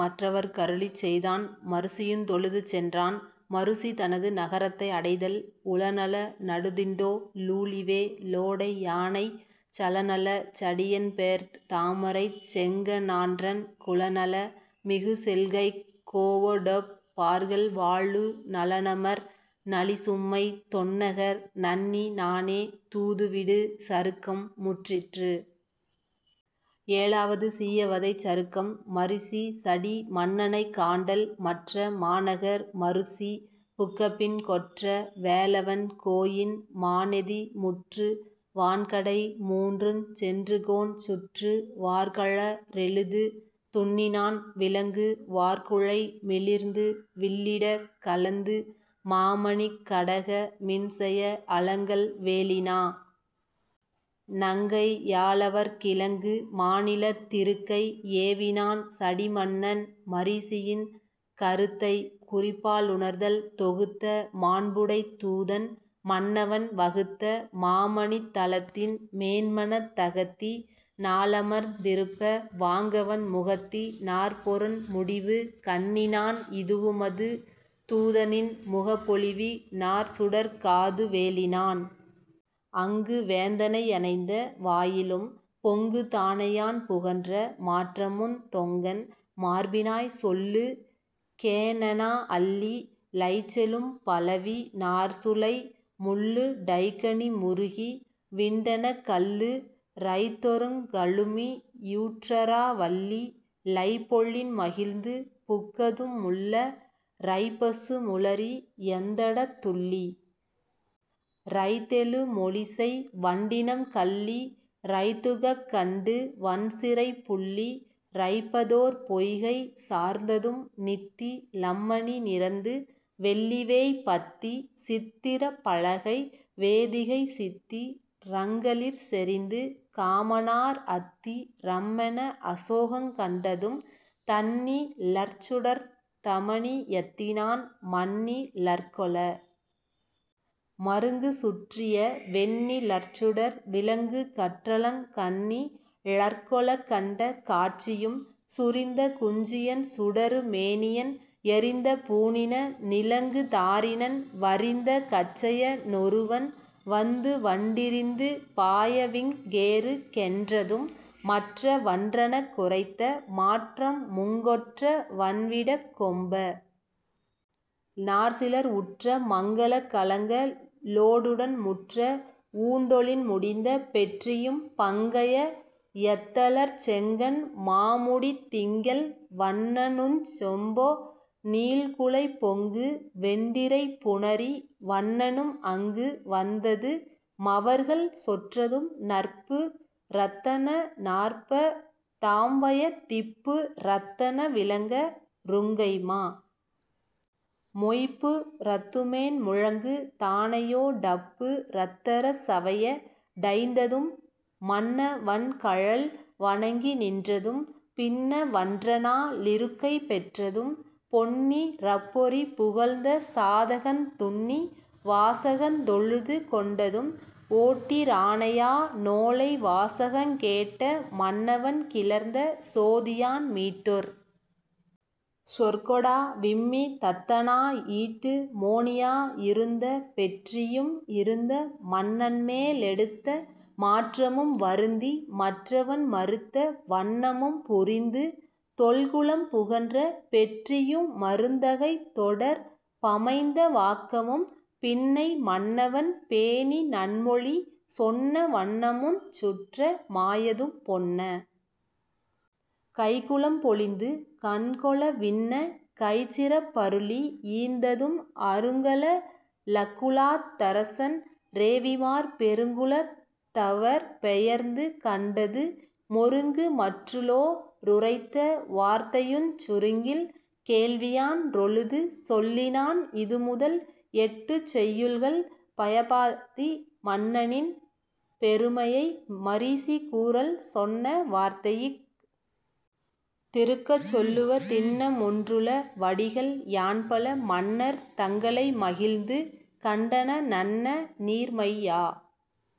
மற்றவர்க் கருளிச் செய்தான் மருசியுந் தொழுது சென்றான் மருசி தனது நகரத்தை அடைதல் உலனல னடுதிண்டோ ளூழிவே லோடை யானைச் சலநல சடியென்பேர்த் தாமரைச் செங்க ணான்றன் குலநல மிகுசெல்கைக் கோவொடொப் பார்கள் வாழு நலனமர் நளிசும்மைத் தொன்னகர் நண்ணி னானே தூதுவிடு சருக்கம் முற்றிற்று ஏழாவது சீயவதைச் சருக்கம் மரீசி சடி மன்னனைக் காண்டல் மற்ற மாநகர் மருசி புக்கபின் கொற்ற வேலவன் கோயின் மாநெதி முற்று வான்கடை மூன்றுஞ் சென்றுகோன் சுற்று வார்கழ றெழுது துன்னினான் விலங்கு வார்குழை மிளிர்ந்து வில்லிடக் கலந்து மாமணிக் கடக மின்செய அலங்கல் வேலினா னங்கை யாலவற் கிலங்கு மாநிலத் திருக்கை யேவினான் சடிமன்னன் மரீசியின் கருத்தைக் குறிப்பாலுணர்தல் தொகுத்த மாண்புடைத் தூதன் மன்னவன் வகுத்த மாமணித் தலத்தின் மேன்மனத் தகத்தி னாலமர்ந் திருப்ப வாங்கவன் முகத்தி னாற்பொருண் முடிவு கண்ணினான் இதுவுமது தூதனின்முகப் பொலிவி னாற்சுடர்க் காது வேலினான் அங்கு வேந்தனை யணைந்த வாயிலும் பொங்கு தானையான் புகன்ற மாற்றமுந் தொங்கன் மார்பினாய் சொல்லு கேனெனா அள்ளி லைச்செழும் பலவி னார்சுளை முள்ளு டைக்கனி முறுகி விண்டெனக் கள்ளு றைத்தொறுங் கழுமி யூற்றறா வள்ளி லைப்பொழின் மகிழ்ந்து புக்கதும் முள்ள ரைப்பசு முளரி யந்தடத் துள்ளி ரைத்தெழு மொலிசெய் வண்டினம் கள்ளி ரைத்துகக் கண்டு வண்சிறைப் புள்ளி ரைப்பதோர் பொய்கை சார்ந்ததும் நித்தி லம்மணி நிரந்து வெள்ளிவேய் பத்தி சித்திரப் பலகை வேதிகை சித்தி ரங்களிற் செறிந்து காமனார் அத்தி ரம்மென அசோகங் கண்டதும் தன்ணி ழற்சுடர்த் தமனி யத்தினான் மன்ணி ழற்கொள மருங்கு சுற்றிய வெண்ணி ழற்சுடர் விளங்கு கற்றலங் கண்ணி ழற்கொளக் கண்ட காட்சியும் சுரிந்த குஞ்சியன் சுடரு மேனியன் எரிந்த பூணின னிலங்கு தாரினன் வரிந்த கச்சைய னொருவன் வந்துவண் டிரிந்து பாயவிங் கேறு கென்றதும் மற்ற வன்றனக் குரைத்த மாற்றமுங் கொற்ற வன்விடக் கொம்ப னார்சிலர் உற்ற மங்கலக் கலங்க ளோடுடன் முற்ற வூண்டொழின் முடிந்த பெற்றியும் பங்கய யத்தலர்ச் செங்கண் மாமுடித் திங்கள் வண்ணனுஞ் செம்பொ னீள்குழைப் பொங்கு வெண்டிரைப் புணரி வண்ணனும் அங்கு வந்தது மவர்கள் சொற்றதும் நற்பு றத்தன நாற்ப தாம்வய திப்பு ரத்தன விளங்க ருங்கைம்மா மொய்ப்பு றத்துமேன் முழங்கு தானையோ டப்பு றத்தர சவைய டைந்ததும் மன்ன வன்கழல் வணங்கி நின்றதும் பின்ன வன்றனா லிருக்கை பெற்றதும் பொன்னி றப்பொறி புகழ்ந்த சாதகந் துன்னி வாசகந் தொழுது கொண்டதும் ஓட்டி றானையா னோலை வாசகங் கேட்ட மன்னவன் கிளர்ந்த சோதியான் மீட்டொர் சொற்கொடா விம்மி தத்தனா யீட்டு மோனியா யிருந்த பெற்றியும் இருந்த மன்னன்மே லெடுத்த மாற்றமும் வருந்தி மற்றவன் மறுத்த வன்ணமும் புரிந்து தொல்குலம் புகன்ற பெற்றியு மருந் தகைத் தொடர் பமைந்த வாக்கமும் பின்னை மன்னவன் பேணி நன்மொழி சொன்ன வண்ணமுஞ் சுற்ற மாயதும் பொன்ன கைக்குலம் பொலிந்து கண்கொள வின்ன கைச்சிறப் பருளி யீந்ததும் அருங்கல லக்குழாத் தரசன் றேவிமார் பெருங்கு லத்தவர் பெயர்ந்து கண்டது மொருங்கு மற்றுளோ ருரைத்த வார்த்தையுஞ் சுருங்கில் கேள்வியான் றொழுது சொல்லினான் இதுமுதல் எட்டுச் செய்யுள்கள், பயாபதி மன்னனின் பெருமையை மரீசி கூறல் சொன்ன வார்த்தையிஃ திருக்கச் சொல்லுவ தின்ன மொன்றுள வடிகள் யான்பல மன்னர் தங்களை மகிழ்ந்து கண்டன னன்ன னீர்மையா